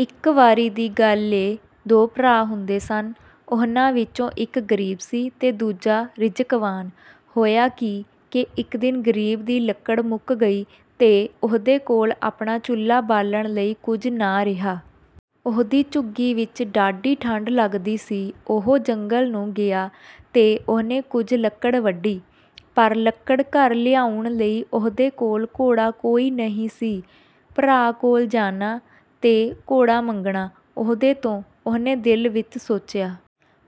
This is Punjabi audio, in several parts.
ਇੱਕ ਵਾਰੀ ਦੀ ਗੱਲ ਏ, ਦੋ ਭਰਾ ਹੁੰਦੇ ਸਨ। ਉਹਨਾਂ ਵਿਚੋਂ ਇੱਕ ਗ਼ਰੀਬ ਸੀ ਤੇ ਦੂਜਾ ਰਿਜ਼ਕਵਾਨ। ਹੋਇਆ ਕੀ ਕਿ ਇੱਕ ਦਿਨ ਗ਼ਰੀਬ ਦੀ ਲੱਕੜ ਮੁੱਕ ਗਈ, ਤੇ ਉਹਦੇ ਕੋਲ ਆਪਣਾ ਚੁਲ੍ਹਾ ਬਾਲਣ ਲਈ ਕੁਝ ਨਾ ਰਿਹਾ। ਉਹਦੀ ਝੁੱਗੀ ਵਿੱਚ ਡਾਢੀ ਠੰਢ ਲੱਗਦੀ ਸੀ। ਉਹ ਜੰਗਲ ਨੂੰ ਗਿਆ ਤੇ ਉਹਨੇ ਕੁਝ ਲੱਕੜ ਵੱਢੀ, ਪਰ ਲੱਕੜ ਘਰ ਲਿਆਉਣ ਲਈ ਉਹਦੇ ਕੋਲ ਘੋੜਾ ਕੋਈ ਨਹੀਂ ਸੀ। "ਭਰਾ ਕੋਲ ਜਾਨਾਂ ਤੇ ਘੋੜਾ ਮੰਗਨਾਂ ਉਹਦੇ ਤੋਂ," ਉਹਨੇ ਦਿਲ ਵਿੱਚ ਸੋਚਿਆ।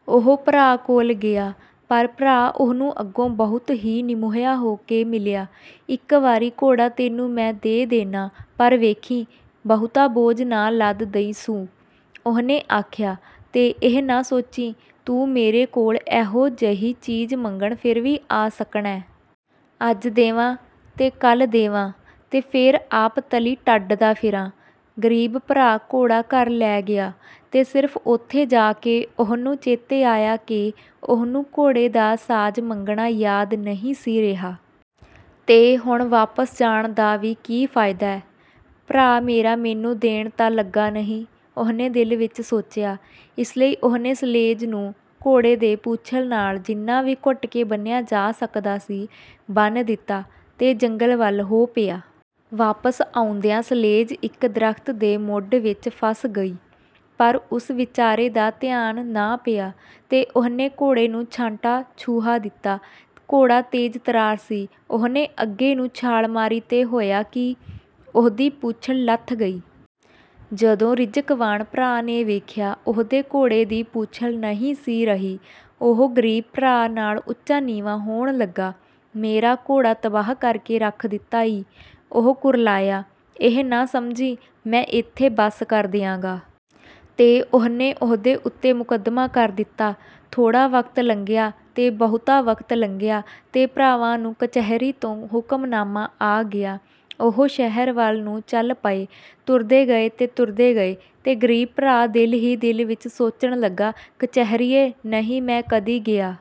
ਉਹ ਭਰਾ ਕੋਲ ਗਿਆ, ਪਰ ਭਰਾ ਉਹਨੂੰ ਅੱਗੋਂ ਬਹੁਤ ਹੀ ਨਿਮੋਹਿਆ ਹੋ ਕੇ ਮਿਲਿਆ। "ਇਕ ਵਾਰੀ ਘੋੜਾ ਤੈਨੂੰ ਮੈਂ ਦੇ ਦੇਨਾਂ, ਪਰ ਵੇਖੀਂ, ਬਹੁਤਾ ਬੋਝ ਨਾ ਲੱਦ ਦਈਂ ਸੂ," ਉਹਨੇ ਆਖਿਆ। "ਤੇ ਇਹ ਨਾ ਸੋਚੀਂ, ਤੂੰ ਮੇਰੇ ਕੋਲ ਇਹੋ ਜਿਹੀ ਚੀਜ਼ ਮੰਗਣ ਫੇਰ ਵੀ ਆ ਸਕਣੈ। ਅੱਜ ਦੇਵਾਂ, ਤੇ ਕੱਲ੍ਹ ਦੇਵਾਂ, ਤੇ ਫੇਰ ਆਪ ਤਲੀ ਟੱਡਦਾ ਫਿਰਾਂ।" ਗ਼ਰੀਬ ਭਰਾ ਘੋੜਾ ਘਰ ਲੈ ਗਿਆ, ਤੇ ਸਿਰਫ਼ ਓਥੇ ਜਾ ਕੇ ਉਹਨੂੰ ਚੇਤੇ ਆਇਆ ਕਿ ਉਹਨੂੰ ਘੋੜੇ ਦਾ ਸਾਜ਼ ਮੰਗਣਾ ਯਾਦ ਨਹੀਂ ਸੀ ਰਿਹਾ। "ਤੇ ਹੁਣ ਵਾਪਸ ਜਾਣ ਦਾ ਵੀ ਕੀ ਫ਼ਾਇਦੈ, ਭਰਾ ਮੇਰਾ ਮੈਨੂੰ ਦੇਣ ਤਾਂ ਲੱਗਾ ਨਹੀਂ," ਉਹਨੇ ਦਿਲ ਵਿੱਚ ਸੋਚਿਆ। ਇਸ ਲਈ ਉਹਨੇ ਸਲੇਜ ਨੂੰ ਘੋੜੇ ਦੇ ਪੂਛਲ ਨਾਲ ਜਿੰਨਾ ਵੀ ਘੁੱਟ ਕੇ ਬੰਨ੍ਹਿਆ ਜਾ ਸਕਦਾ ਸੀ, ਬੰਨ੍ਹ ਦਿੱਤਾ, ਤੇ ਜੰਗਲ ਵੱਲ ਹੋ ਪਿਆ। ਵਾਪਸ ਆਉਂਦਿਆਂ ਸਲੇਜ ਇੱਕ ਦਰੱਖ਼ਤ ਦੇ ਮੁੱਢ ਵਿੱਚ ਫਸ ਗਈ, ਪਰ ਉਸ ਵਿਚਾਰੇ ਦਾ ਧਿਆਨ ਨਾ ਪਿਆ, ਤੇ ਉਹਨੇ ਘੋੜੇ ਨੂੰ ਛਾਂਟਾ ਛੁਹਾ ਦਿੱਤਾ। ਘੋੜਾ ਤੇਜ਼-ਤਰਾਰ ਸੀ; ਉਹਨੇ ਅੱਗੇ ਨੂੰ ਛਾਲ ਮਾਰੀ ਤੇ ਹੋਇਆ ਕੀ, ਉਹਦੀ ਪੂਛਲ ਲੱਥ ਗਈ। ਜਦੋਂ ਰਿਜ਼ਕਵਾਨ ਭਰਾ ਨੇ ਵੇਖਿਆ, ਉਹਦੇ ਘੋੜੇ ਦੀ ਪੂਛਲ ਨਹੀਂ ਸੀ ਰਹੀ, ਉਹ ਗ਼ਰੀਬ ਭਰਾ ਨਾਲ ਉੱਚਾ-ਨੀਵਾਂ ਹੋਣ ਲੱਗਾ। "ਮੇਰਾ ਘੋੜਾ ਤਬਾਹ ਕਰ ਕੇ ਰੱਖ ਦਿੱਤਾ ਈ!" ਉਹ ਕੁਰਲਾਇਆ। "ਇਹ ਨਾ ਸਮਝੀਂ, ਮੈਂ ਏਥੇ ਬੱਸ ਕਰ ਦਿਆਂਗਾ!" ਤੇ ਉਹਨੇ ਉਹਦੇ ਉਤੇ ਮੁਕੱਦਮਾ ਕਰ ਦਿੱਤਾ। ਥੋੜ੍ਹਾ ਵਕਤ ਲੰਘਿਆ ਤੇ ਬਹੁਤਾ ਵਕਤ ਲੰਘਿਆ, ਤੇ ਭਰਾਵਾਂ ਨੂੰ ਕਚਹਿਰੀ ਤੋਂ ਹੁਕਮਨਾਮਾ ਆ ਗਿਆ। ਉਹ ਸ਼ਹਿਰ ਵੱਲ ਨੂੰ ਚਲ ਪਏ, ਤੁਰਦੇ ਗਏ ਤੇ ਤੁਰਦੇ ਗਏ, ਤੇ ਗ਼ਰੀਬ ਭਰਾ ਦਿਲ ਹੀ ਦਿਲ ਵਿੱਚ ਸੋਚਣ ਲੱਗਾ, "ਕਚਹਿਰੀਏ ਨਹੀਂ ਮੈਂ ਕਦੀ ਗਿਆ।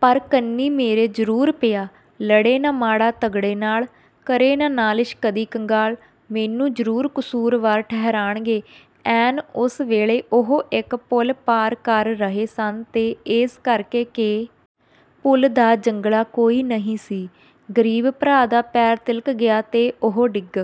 ਪਰ ਕੰਨੀਂ ਮੇਰੇ ਜ਼ਰੂਰ ਪਿਆ। ਲੜੇ ਨਾ ਮਾੜਾ ਤਗੜੇ ਨਾਲ। ਕਰੇ ਨਾ ਨਾਲਿਸ਼ ਕਦੀ ਕੰਗਾਲ। ਮੈਨੂੰ ਜ਼ਰੂਰ ਕਸੂਰਵਾਰ ਠਹਿਰਾਣਗੇ।" ਐਨ ਉਸ ਵੇਲੇ ਉਹ ਇੱਕ ਪੁਲ ਪਾਰ ਕਰ ਰਹੇ ਸਨ, ਤੇ ਏਸ ਕਰਕੇ ਕਿ ਪੁਲ ਦਾ ਜੰਗਲਾ ਕੋਈ ਨਹੀਂ ਸੀ, ਗ਼ਰੀਬ ਭਰਾ ਦਾ ਪੈਰ ਤਿਲਕ ਗਿਆ ਤੇ ਉਹ ਡਿਗ